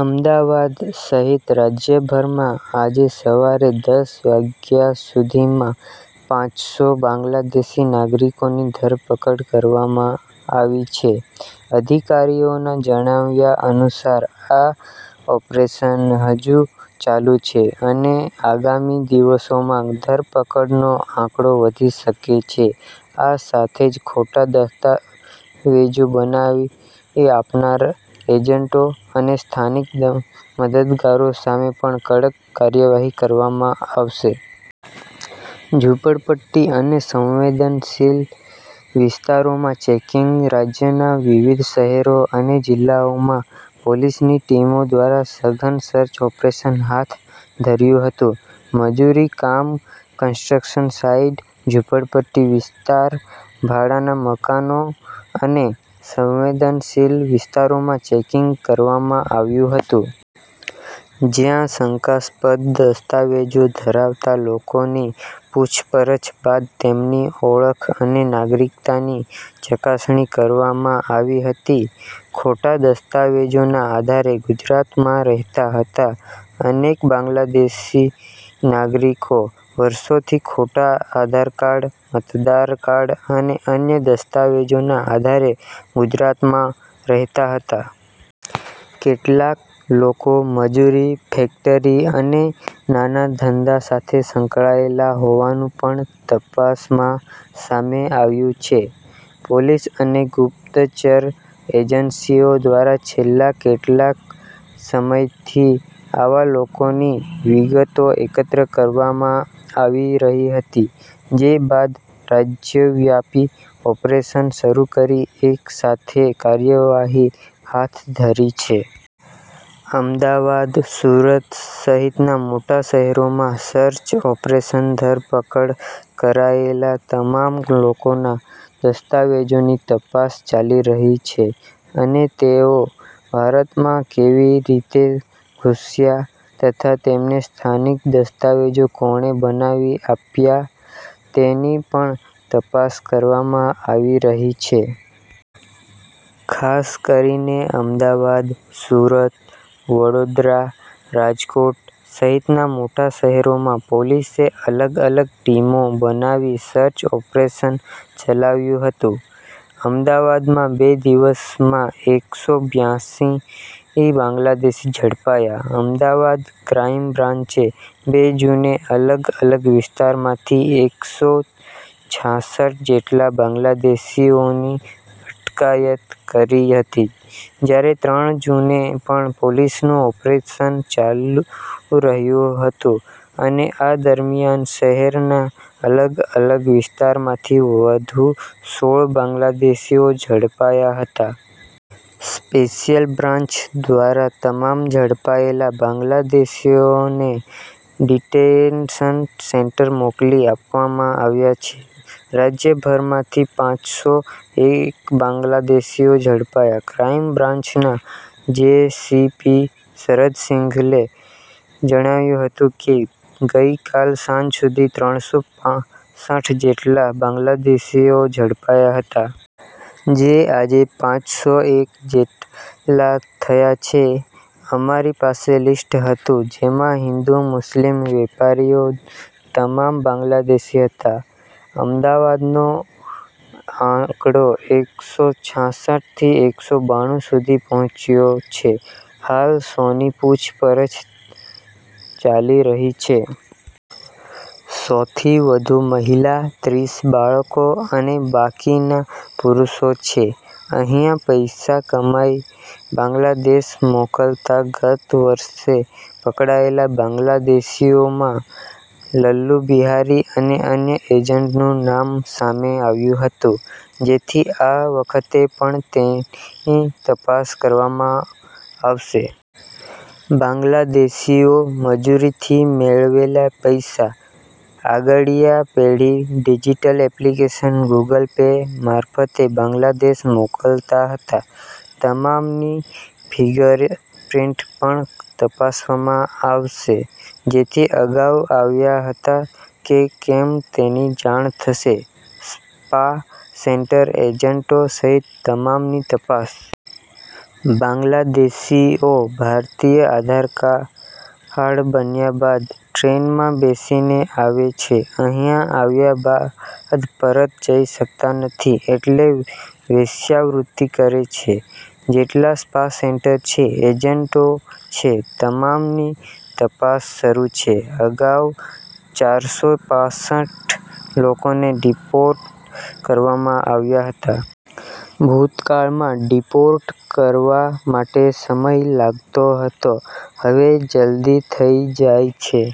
અમદાવાદ સહિત રાજ્યભરમાં આજે સવારે દસ વાગ્યા સુધીમાં પાંચસો બાંગ્લાદેશી નાગરિકોની ધરપકડ કરવામાં આવી છે. અધિકારીઓના જણાવ્યા અનુસાર આ ઓપરેશન હજુ ચાલુ છે, અને આગામી દિવસોમાં ધરપકડનો આંકડો વધી શકે છે. આ સાથે જ ખોટા દસ્તાવેજો બનાવી આપનાર એજન્ટો અને સ્થાનિક મદદગારો સામે પણ કડક કાર્યવાહી કરવામાં આવશે. ઝૂંપડપટ્ટી અને સંવેદનશીલ વિસ્તારોમાં ચેકિંગ. રાજ્યના વિવિધ શહેરો અને જિલ્લાઓમાં પોલીસની ટીમો દ્વારા સઘન સર્ચ ઓપરેશન હાથ ધર્યું હતું. મજૂરી કામ, કન્સ્ટ્રક્શન સાઈટ, ઝૂંપડપટ્ટી વિસ્તાર, ભાડાના મકાનો અને સંવેદનશીલ વિસ્તારોમાં ચેકિંગ કરવામાં આવ્યું હતું. જ્યાં શંકાસ્પદ દસ્તાવેજો ધરાવતા લોકોની પૂછપરછ બાદ તેમની ઓળખ અને નાગરિકતાની ચકાસણી કરવામાં આવી હતી. ખોટા દસ્તાવેજોના આધારે ગુજરાતમાં રહેતા હતા અનેક બાંગ્લાદેશી નાગરિકો, વર્ષોથી ખોટા આધારકાર્ડ, મતદાર કાર્ડ અને અન્ય દસ્તાવેજોના આધારે ગુજરાતમાં રહેતા હતા. કેટલાક લોકો મજૂરી, ફેક્ટરી અને નાના ધંધા સાથે સંકળાયેલા હોવાનું પણ તપાસમાં સામે આવ્યું છે. પોલીસ અને ગુપ્તચર એજન્સીઓ દ્વારા છેલ્લા કેટલાક સમયથી આવા લોકોની વિગતો એકત્ર કરવામાં આવી રહી હતી. જે બાદ રાજ્યવ્યાપી ઓપરેશન શરૂ કરી એકસાથે કાર્યવાહી હાથ ધરી છે. અમદાવાદ, સુરત સહિતના મોટા શહેરોમાં સર્ચ ઓપરેશન ધરપકડ કરાયેલા તમામ લોકોના દસ્તાવેજોની તપાસ ચાલી રહી છે, અને તેઓ ભારતમાં કેવી રીતે ઘૂસ્યા, તથા તેમને સ્થાનિક દસ્તાવેજો કોણે બનાવી આપ્યા, તેની પણ તપાસ કરવામાં આવી રહી છે. ખાસ કરીને અમદાવાદ, સુરત, વડોદરા, રાજકોટ સહિતના મોટા શહેરોમાં પોલીસે અલગ-અલગ ટીમો બનાવી સર્ચ ઓપરેશન ચલાવ્યું હતું. અમદાવાદમાં બે દિવસમાં એકસો બ્યાસી બાંગ્લાદેશી ઝડપાયા. અમદાવાદ ક્રાઈમ બ્રાન્ચે બે જૂને અલગ-અલગ વિસ્તારમાંથી એકસો છાસઠ જેટલા બાંગ્લાદેશીઓની અટકાયત કરી હતી, જ્યારે ત્રણ જૂને પણ પોલીસનું ઓપરેશન ચાલુ રહ્યું હતું, અને આ દરમિયાન શહેરના અલગ-અલગ વિસ્તારમાંથી વધુ સોળ બાંગ્લાદેશીઓ ઝડપાયા હતા. સ્પેશિયલ બ્રાન્ચ દ્વારા તમામ ઝડપાયેલા બાંગ્લાદેશીઓને ડિટેન્શન સેન્ટર મોકલી આપવામાં આવ્યા છે. રાજ્યભરમાંથી પાંચસો એક બાંગ્લાદેશીઓ ઝડપાયા. ક્રાઈમ બ્રાન્ચના જે.સી.પી. શરદ સિંઘલે જણાવ્યું હતું કે, ગઈકાલ સાંજ સુધી ત્રણસો પાસઠ જેટલા બાંગ્લાદેશીઓ ઝડપાયા હતા. જે આજે પાંચસો એક જેટલા થયા છે. અમારી પાસે લિસ્ટ હતું, જેમાં હિન્દુ, મુસ્લિમ, વેપારીઓ તમામ બાંગ્લાદેશી હતા. અમદાવાદનો આંકડો એકસો છાસઠ થી એકસો બાણું સુધી પહોંચ્યો છે. હાલ સોની પૂછપરછ ચાલી રહી છે. સો થી વધુ મહિલા, ત્રીસ બાળકો અને બાકીના પુરૂષો છે. અહીંયા પૈસા કમાઈ બાંગ્લાદેશ મોકલતા ગત વર્ષે પકડાયેલા બાંગ્લાદેશીઓમાં લલ્લુ બિહારી અને અન્ય એજન્ટનું નામ સામે આવ્યું હતું. જેથી આ વખતે પણ તેની તપાસ કરવામાં આવશે. બાંગ્લાદેશીઓ મજૂરીથી મેળવેલા પૈસા આંગડિયા પેઢી, ડિજિટલ એપ્લિકેશન, ગુગલ પે મારફતે બાંગ્લાદેશ મોકલતા હતા. તમામની ફિંગર પ્રિન્ટ પણ તપાસવામાં આવશે. જેથી અગાઉ આવ્યા હતા કે કેમ તેની જાણ થશે. સ્પા સેન્ટર, એજન્ટો સહિત તમામની તપાસ. બાંગ્લાદેશીઓ ભારતીય આધારકાર્ડ બન્યા બાદ ટ્રેનમાં બેસીને આવે છે. અહીં આવ્યા બાદ પરત જઈ શકતા નથી. એટલે વેશ્યાવૃત્તિ કરે છે. જેટલા સ્પા સેન્ટર છે, એજન્ટો છે તમામની તપાસ શરૂ છે. અગાઉ ચારસો પાસઠ લોકોને ડિપોર્ટ કરવામાં આવ્યા હતા. ભૂતકાળમાં ડિપોર્ટ કરવા માટે સમય લાગતો હતો. હવે જલદી થઈ જાય છે.